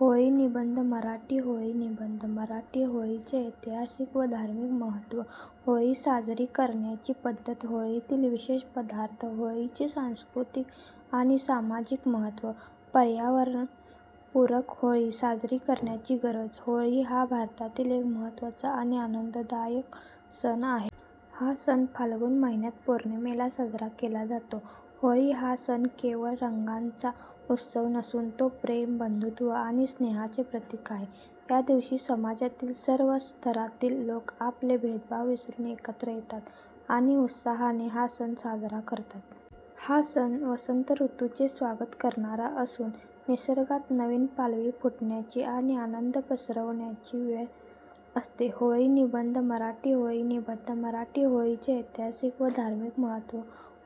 होळी निबंध मराठी होळी निबंध मराठी होळीचे ऐतिहासिक व धार्मिक महत्त्व, होळी साजरी करण्याची पद्धत, होळीतील विशेष पदार्थ, होळीचे सांस्कृतिक आणि सामाजिक महत्त्व, पर्यावरणपूरक होळी साजरी करण्याची गरज. होळी हा भारतातील एक महत्त्वाचा आणि आनंददायक सण आहे. हा सण फाल्गुन महिन्यात पौर्णिमेला साजरा केला जातो. होळी हा सण केवळ रंगांचा उत्सव नसून तो प्रेम, बंधुत्व आणि स्नेहाचे प्रतीक आहे. या दिवशी समाजातील सर्व स्तरातील लोक आपले भेदभाव विसरून एकत्र येतात आणि उत्साहाने हा सण साजरा करतात. हा सण वसंत ऋतूचे स्वागत करणारा असून निसर्गात नवीन पालवी फुटण्याची आणि आनंद पसरवण्याची वेळ असते. होळी निबंध मराठी होळी निबंध मराठी होळीचे ऐतिहासिक व धार्मिक महत्त्व.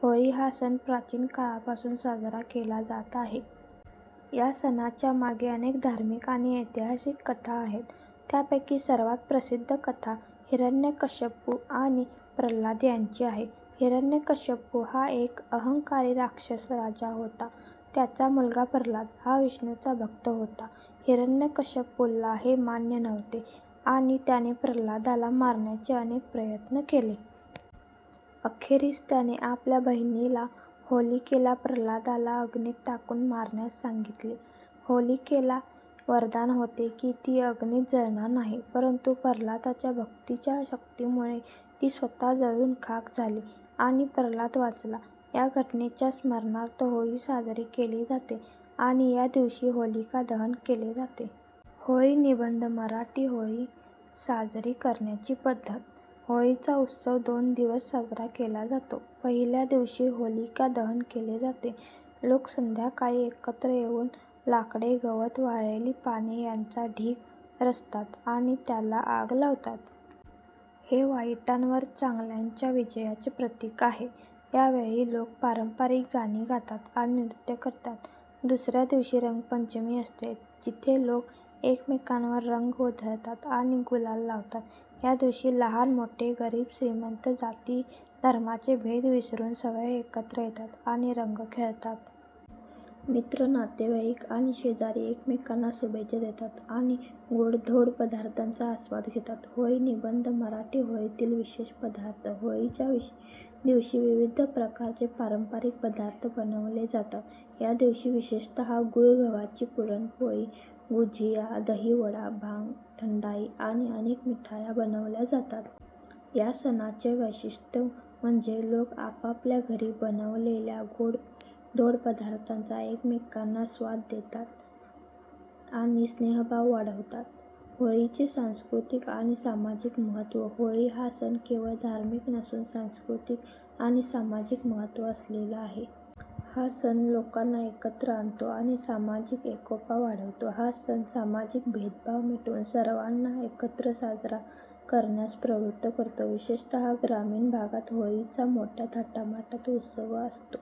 होळी हा सण प्राचीन काळापासून साजरा केला जात आहे. या सणाच्या मागे अनेक धार्मिक आणि ऐतिहासिक कथा आहेत. त्यापैकी सर्वात प्रसिद्ध कथा हिरण्यकश्यपू आणि प्रल्हाद यांची आहे. हिरण्यकश्यपू हा एक अहंकारी राक्षस राजा होता. त्याचा मुलगा प्रल्हाद हा विष्णूचा भक्त होता. हिरण्यकश्यपूला हे मान्य नव्हते आणि त्याने प्रल्हादाला मारण्याचे अनेक प्रयत्न केले. अखेरीस त्याने आपल्या बहिणीला, होलिकेला, प्रल्हादाला अग्नीत टाकून मारण्यास सांगितले. होलिकेला वरदान होते की ती अग्नीत जळणार नाही, परंतु प्रल्हादाच्या भक्तीच्या शक्तीमुळे ती स्वतः जळून खाक झाली आणि प्रल्हाद वाचला. या घटनेच्या स्मरणार्थ होळी साजरी केली जाते आणि या दिवशी होलिका दहन केले जाते. होळी निबंध मराठी होळी साजरी करण्याची पद्धत. होळीचा उत्सव दोन दिवस साजरा केला जातो. पहिल्या दिवशी होलिका दहन केले जाते. लोक संध्याकाळी एकत्र येऊन लाकडे, गवत, वाळलेली पाने यांचा ढीग रचतात आणि त्याला आग लावतात. हे वाईटावर चांगल्याच्या विजयाचे प्रतीक आहे. या वेळी लोक पारंपरिक गाणी गातात आणि नृत्य करतात. दुसऱ्या दिवशी रंगपंचमी असते, जिथे लोक एकमेकांवर रंग उधळतात आणि गुलाल लावतात. या दिवशी लहान मोठे, गरीब श्रीमंत, जाती धर्माचे भेद विसरून सगळे एकत्र येतात आणि रंग खेळतात. मित्र, नातेवाईक आणि शेजारी एकमेकांना शुभेच्छा देतात आणि गोडधोड पदार्थांचा आस्वाद घेतात. होळी निबंध मराठी होळीतील विशेष पदार्थ. होळीच्या दिवशी विविध प्रकारचे पारंपरिक पदार्थ बनवले जातात. या दिवशी विशेषतः गूळ गव्हाची पुरणपोळी, गुझिया, दहीवडा, भांग ठंडाई आणि अनेक मिठाया बनवल्या जातात. या सणाचे वैशिष्ट्य म्हणजे लोक आपापल्या घरी बनवलेल्या गोडधोड पदार्थांचा एकमेकांना स्वाद देतात आणि स्नेहभाव वाढवतात. होळीचे सांस्कृतिक आणि सामाजिक महत्त्व. होळी हा सण केवळ धार्मिक नसून सांस्कृतिक आणि सामाजिक महत्त्व असलेला आहे. हा सण लोकांना एकत्र आणतो आणि सामाजिक एकोपा वाढवतो. हा सण सामाजिक भेदभाव मिटवून सर्वांना एकत्र साजरा करण्यास प्रवृत्त करतो. विशेषतः ग्रामीण भागात होळीचा मोठ्या थाटामाटात उत्सव असतो.